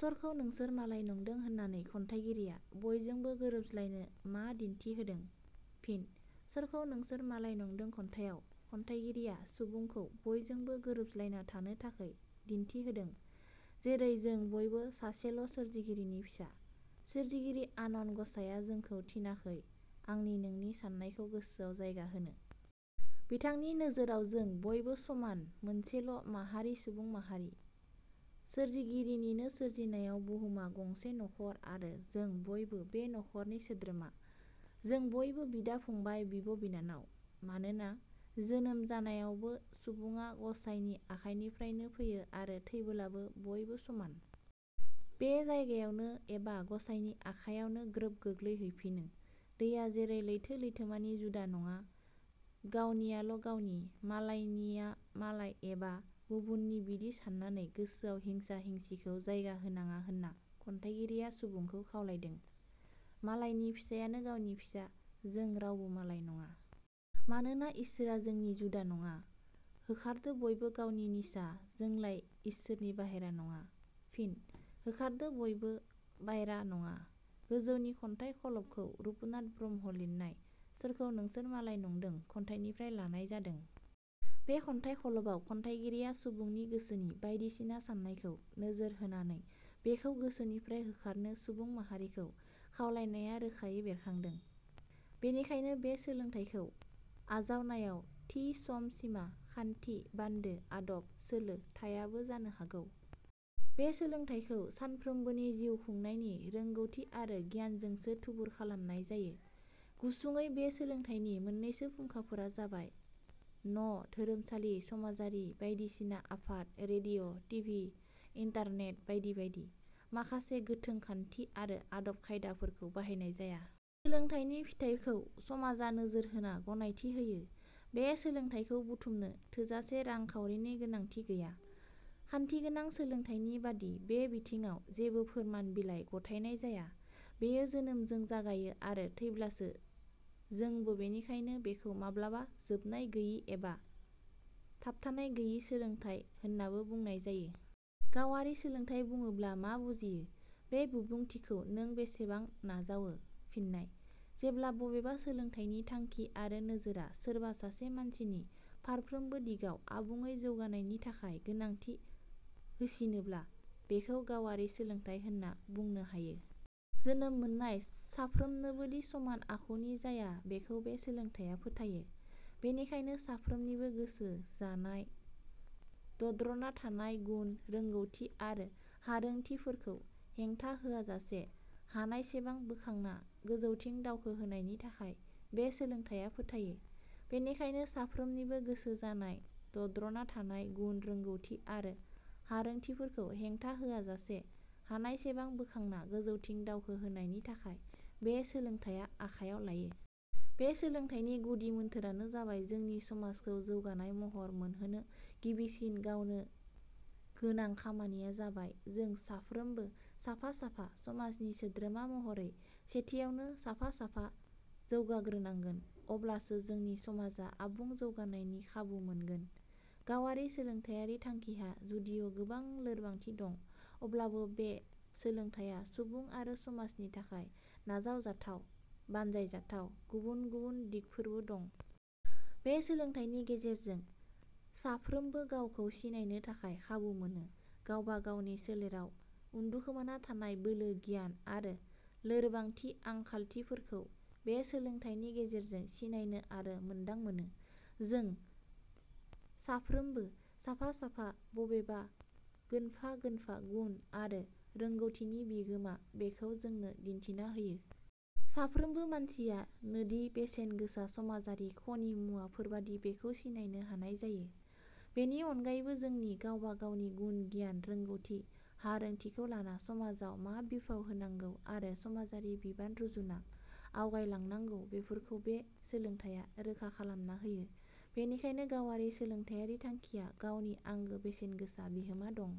सरखौ नंसर मालाय नंद" होन्नानै खन्थाइगिरिया बयजोंबो गोरोबज्लायनो मा दिन्थि होदों? फिन: "सरखौ नंसोर मालाय नंदं" खन्थाइयाव खन्थाइगिरिया सुबुंखौ बयजोंबो गोरोबज्लायना थानो थाखै दिन्थि होदों। जेरै- जों बयबो सासेल' सोरजिगिरिनि फिसा। सोरजिगिरि आनान ग 'साइआ जोंखौ थिनाखै आंनि नोंनि सान्नायखौ गोसोआव जायगा होनो। बिथांनि नोजोराव जों बयबो समान मोनसेल' माहारि-सुबुं माहारि। सोरजिगिरिनिनो सोरजिनायाव बुहुमा गंसे नख'र आरो जों बयबो बे नख 'रनि सोद्रोमा। जों बयबो बिदा-फंबाय, बिंब' बिनानाव। मानोना, जोनोम जानायावबो सुबुंआ गं 'साइनि आखायनिफ्रायनो फैयो आरो थैबोलाबो बयबो समान। बे जायगायावनो एबा ग 'साइनि आखायावनो ग्रोब गोग्लैहैफिनो। दैया जेरै लैथो-लैथोमानि जुदा नडा। गावनियाल' गावनि, मालायनिया मालाय एबा गुबुननि बिदि सान्नानै गोसोआव हिंसा-हिंसिखौ जायगा होनाडा होन्ना खन्थाइगिरिया सुबुंखौ खावलायदों। मालायनि फिसायानो गावनि फिसा, जों रावबो मालाय नङा। मानोना इसोरआ जोंनि जुदा नङा। होखारदो बयबो गावनि निसा जोंलाय इसोरनि बाइह्रा नङा। फिन: "होखारदो बयबो……. बाइह्रा नङा। " गोजौनि खन्थाइ खल 'बखौ रुपनाथ ब्रह्म लिरनाय "सोरखौ नोंसोर मालाय नंदों" खन्थाइनिफ्राय लानाय जादों। बे खन्थाइ खल 'बाव खन्थाइगिरिया सुबुंनि गोसोनि बायदिसिना सान्नायखौ नोजोर होन्नानै बेखौ गोसोनिफ्राय होखारनो सुबुं माहारिखौ खावलायनाया रोखायै बेरखांदों। बेनिखायनो बे सोलोंथाइखौ आवजानायाव थि सम -सिमा, खान्थि -बान्दो, आदब – सोलो थायाबो जानो हागौ। बे सोलोंथाइखौ सानफ्रोमबोनि जिउ खुंनायनि रोंगौथि आरो गियानजोंसो थुबुर खालामनाय जायो। गुसुंङै बे सोलोंथाइनि मोननैसो फुंखाफोरा जाबाय न',धोरोमसालि समाजारि बायदिसिना आफाद ,रेडिअ', टिभि, इन्टारनेट बायदि बायदि। माखासे गोथों खान्थि आरो आदब खायदाफोरखौ बाहायनाय जाया। सोलोंथाइनि फिथाइखौ समाजा नोजोर होना गनायथि होयो। बे सोलोंथाइखौ बुथुमनो थोजासे रां खाउरिनि गोनांथि गैया। खान्थिगोनां सोलोंथाइनि बादि बे बिथिंङाव जेबो फोरमान बिलाइ गथायनाय जाया। बेयो जोनोमजों जागायो आरो थैब्लासो जोंबो बेनिखाइनो बेखौ माब्लाबा जोबनाय गैयि एबा थाबथानाय गैयि सोलोंथाइ होननाबो बुंनाय जायो। गावारि सोलोंथाइ बुङोब्ला मा बुजियो? बे बिबुंथिखौ नों बेसेबां नाजावो? फिननाय: जेब्ला बबेबा सोलोंथाइनि थांखि आरो नोजोरा सोरबा सासे मानसिनि फारफ्रोमबो दिगाव आबुंङै जौगानायनि थाखाय गोनांथि होसिनोब्ला, बेखौ गावारि सोलोंथाइ होनना बुंनो हायो। जोनोम मोननाय साफ्रोमनोबोदि समान आखुनि जाया बेखौ बे सोलोंथाइया फोथायो। बेनिखायनो साफ्रोमनिबो गोसो जानाय, दद्र'ना थानाय गुन रोंगौथि आरो हारोंथि फोरखौ हेंथा होयाजासे हानायसेबां बोखांना गोजौथिं दावखो होनायनि थाखाय बे सोलोंथाइया फोथायो। बेनिखायनो साफ्रोमनिबो गोसो जानाय, दद्र'ना थानाय गुन रोंगौथि आरो हारोंथिफोरखौ हेंथा होआ जासे हानायसेबां बोखांना गोजौथिं दावखो होनायनि थाखाय बे सोलोंथाइया आखाइयाव लायो। बे सोलोंथाइनि गुदि मोन्थोरानो जाबाय जोंनि समाजखौ जौगानाय महर मोनहोनो गिबिसिन गावनो गोनां खामानिया जाबाय जों साफ्रोमबो साफा-साफा समाजनि सोद्रोमा महरै सेथियावनो साफा-साफा जौगाग्रोनांगोन, अब्लासो जोंनि समाजा आबुं जौगानायनि खाबु मोनगोन। गावारि सोलोंथायारि थांखिहा जुदिउ गोबां लोरबांथि दं अब्लाबो बे सोलोंथाइया सुबुं आरो समाजनि थाखाय नाजाव जाथाव, बानजाय जाथाव गुबुन-गुबुन दिगफोरबो दं। बे सोलोंथाइनि गेजेरजों साफ्रोमबो गावखौ सिनायनो थाखाय खाबु मोनो। गावबा-गावनि सोलेराव उनदुखोमाना थानाय बोलो-गियान आरो लोरबांथि-आंखालथिफोरखौ बे सोलोंथाइनि गेजेरजों सिनायनो आरो मोन्दांमोनो। जों साफ्रोगबो साफा-साफा बबेबा गोनफा- गोनफा गुन आरो रोंगौथिनि बिगोमा बेखौ जोंनो दिन्थिना होयो। साफ्रोमबो मानसिया नोदि बेसेन गोसा समाजारि ख'नि मुवा फोरबादि बेखौ सिनायनो हानाय जायो। बेनि अनगायैबो जोंनि गावबा-गावनि गुन-गियान, रोगौथि- हारोंथिखौ लाना समाजाव मा बिफाव होनांगौ आरो समाजारि बिबान रुजुना आवगायलांनांगौ बेफोरखौ बे सोलोंथाइया रोखा-खालामना होयो। बेनिखायनो गावारि सोलोंथाइयारि थांखिया गावनि आंगो बेसेनगोसा बिहोमा दं।